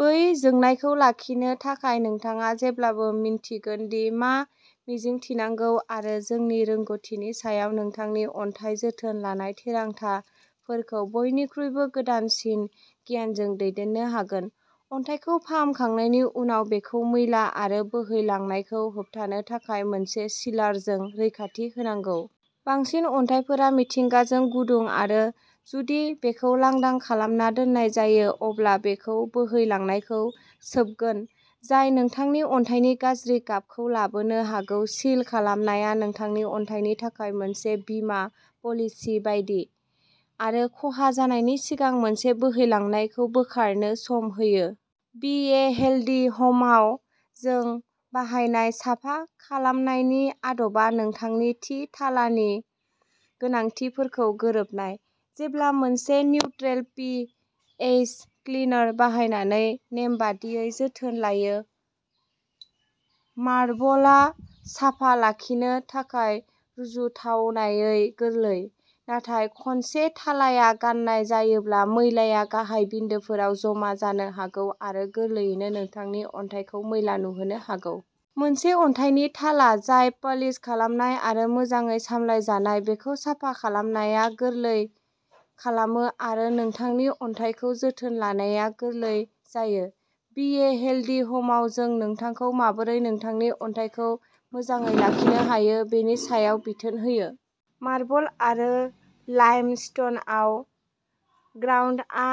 बै जोंनायखौ लाखिनो थाखाय नोंथाङा जेब्लाबो मिन्थिगोन दि मा मिजिंथिनांगौ आरो जोंनि रोंग'थिनि सायाव नोंथांनि अन्थाइ जोथोन लानाय थिरांथाफोरखौ बयनिख्रुइबो गोदानसिन गियानजों दैदेननो हागोन। अन्थाइखौ फाहामखांनायनि उनाव, बेखौ मैला आरो बोहैलांनायखौ होबथानो थाखाय मोनसे सिलारजों रैखाथि होनांगौ। बांसिन अन्थाइफोरा मिथिंगाजों गुदुं आरो, जुदि बेखौ लांदां खालामना दोननाय जायो, अब्ला बेयो बोहैलांनायखौ सोबगोन जाय नोंथांनि अन्थाइनि गाज्रि गाबखौ लाबोनो हागौ। सिल खालामनाया नोंथांनि अन्थाइनि थाखाय मोनसे बीमा पलिसि बायदि आरो खहा जानायनि सिगां मोनसे बोहैलांनायखौ बोखारनो सम होयो। बि ए हेल्दी ह'मआव, जों बाहायनाय साफा खालामनायनि आदबा नोंथांनि थि थालानि गोनांथिफोरजों गोरोबनाय। जेब्ला मोनसे निउट्रेल पि एइच क्लिनार बाहायनानै नेमबादियै जोथोन लायो, मार्बलआ साफा लाखिनो थाखाय रुजुथावनायै गोरलै। नाथाय खनसे थालाया गाननाय जायोब्ला, मैलाया गाहाय बिन्दोफोराव जमा जानो हागौ आरो गोरलैयैनो नोंथांनि अन्थाइखौ मैला नुहोनो हागौ। मोनसे अन्थाइनि थाला जाय पालिश खालामनाय आरो मोजाङै सामलायजानाय, बेखौ साफा खालामनाया गोरलै खालामो आरो नोंथांनि अन्थाइखौ जोथोन लानाया गोरलै जायो। बि ए हेल्दी ह'मआव, जों नोंथांखौ माबोरै नोंथांनि अन्थाइखौ मोजाङै लाखिनो हायो बेनि सायाव बिथोन होयो। मार्बल आरो लाइमस्टनआव, ग्राउटआ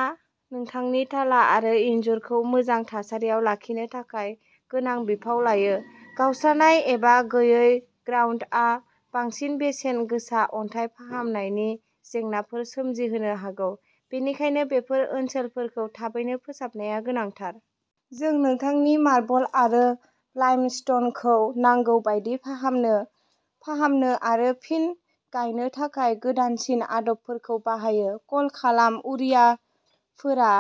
नोंथांनि थाला आरो इनजुरखौ मोजां थासारियाव लाखिनो थाखाय गोनां बिफाव लायो। गावस्रानाय एबा गैयै ग्राउटआ बांसिन बेसेन गोसा अन्थाइ फाहामनायनि जेंनाफोर सोमजिहोनो हागौ, बेनिखायनो बेफोर ओनसोलफोरखौ थाबैनो फोसाबनाया गोनांथार। जों नोंथांनि मार्बल आरो लाइमस्टनखौ नांगौ बायदि फाहामनो, फाहामनो आरो फिन गायनो थाखाय गोदानसिन आदबफोरखौ बाहायो। कल खालाम उरिफोरा,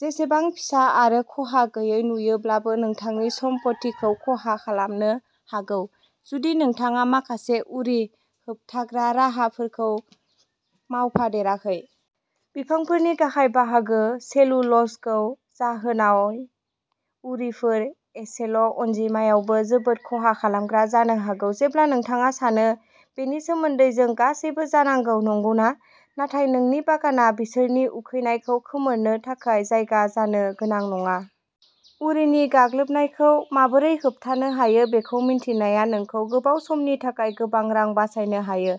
जेसेबां फिसा आरो खहा गैयै नुयोब्लाबो, नोंथांनि सम्फथिखौ खहा खालामनो हागौ जुदि नोंथाङा माखासे उरि होबथाग्रा राहाफोरखौ मावफादेराखै। बिफांफोरनि गाहाय बाहागो सेलुल'जखौ जाहोनाय, उरिफोरा एसेल' अनजिमायावबो जोबोद खहा खालामग्रा जानो हागौ। जेब्ला नोंथाङा सानो। बेनि सोमोन्दै, जों गासैबो जानांगौ, नंगौना? नाथाय, नोंनि बागाना बिसोरनि उखैनायखौ खोमोरनो थाखाय जायगा जानो गोनां नङा। उरिनि गाग्लोबनायखौ माबोरै होबथानो हायो बेखौ मिन्थिनाया नोंखौ गोबाव समनि थाखाय गोबां रां बासायनो हायो,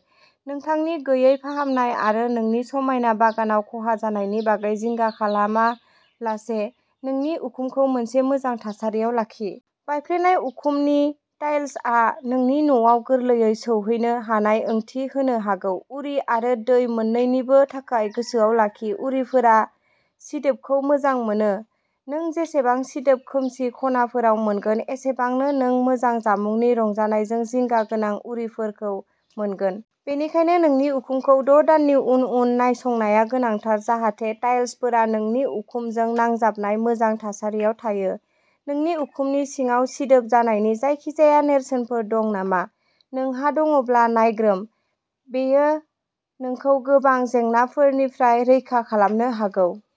गोनांथि गैयै फाहामनाय आरो नोंनि समायना बागानाव खहा जानायनि बागै जिंगा खालामालासे। नोंनि उखुमखौ मोनसे मोजां थासारियाव लाखि। बायफ्लेनाय उखुमनि टाइल्सआ नोंनि न'आव गोरलैयै सौहैनो हानाय ओंथि होनो हागौ, उरि आरो दै मोननैनिबो थाखाय। गोसोआव लाखि, उरिफोरा सिदोबखौ मोजां मोनो। नों जेसेबां सिदोब खोमसि खनाफोराव मोनगोन, एसेबांनो नों मोजां जामुंनि रंजानायजों जिंगा गोनां उरिफोरखौ मोनगोन। बेनिखायनो, नोंनि उखुमखौ द' दाननि उन उन नायसंनाया गोनांथार जाहाथे टाइल्सफोरा नोंनि उखुमजों नांजाबनाय मोजां थासारियाव थायो। नोंनि उखुमनि सिङाव सिदोब जानायनि जायखिजाया नेरसोनफोर दं नामा, नोंहा दङब्ला नायग्रोम। बेयो नोंखौ गोबां जेंनाफोरनिफ्राय रैखा खालामनो हागौ।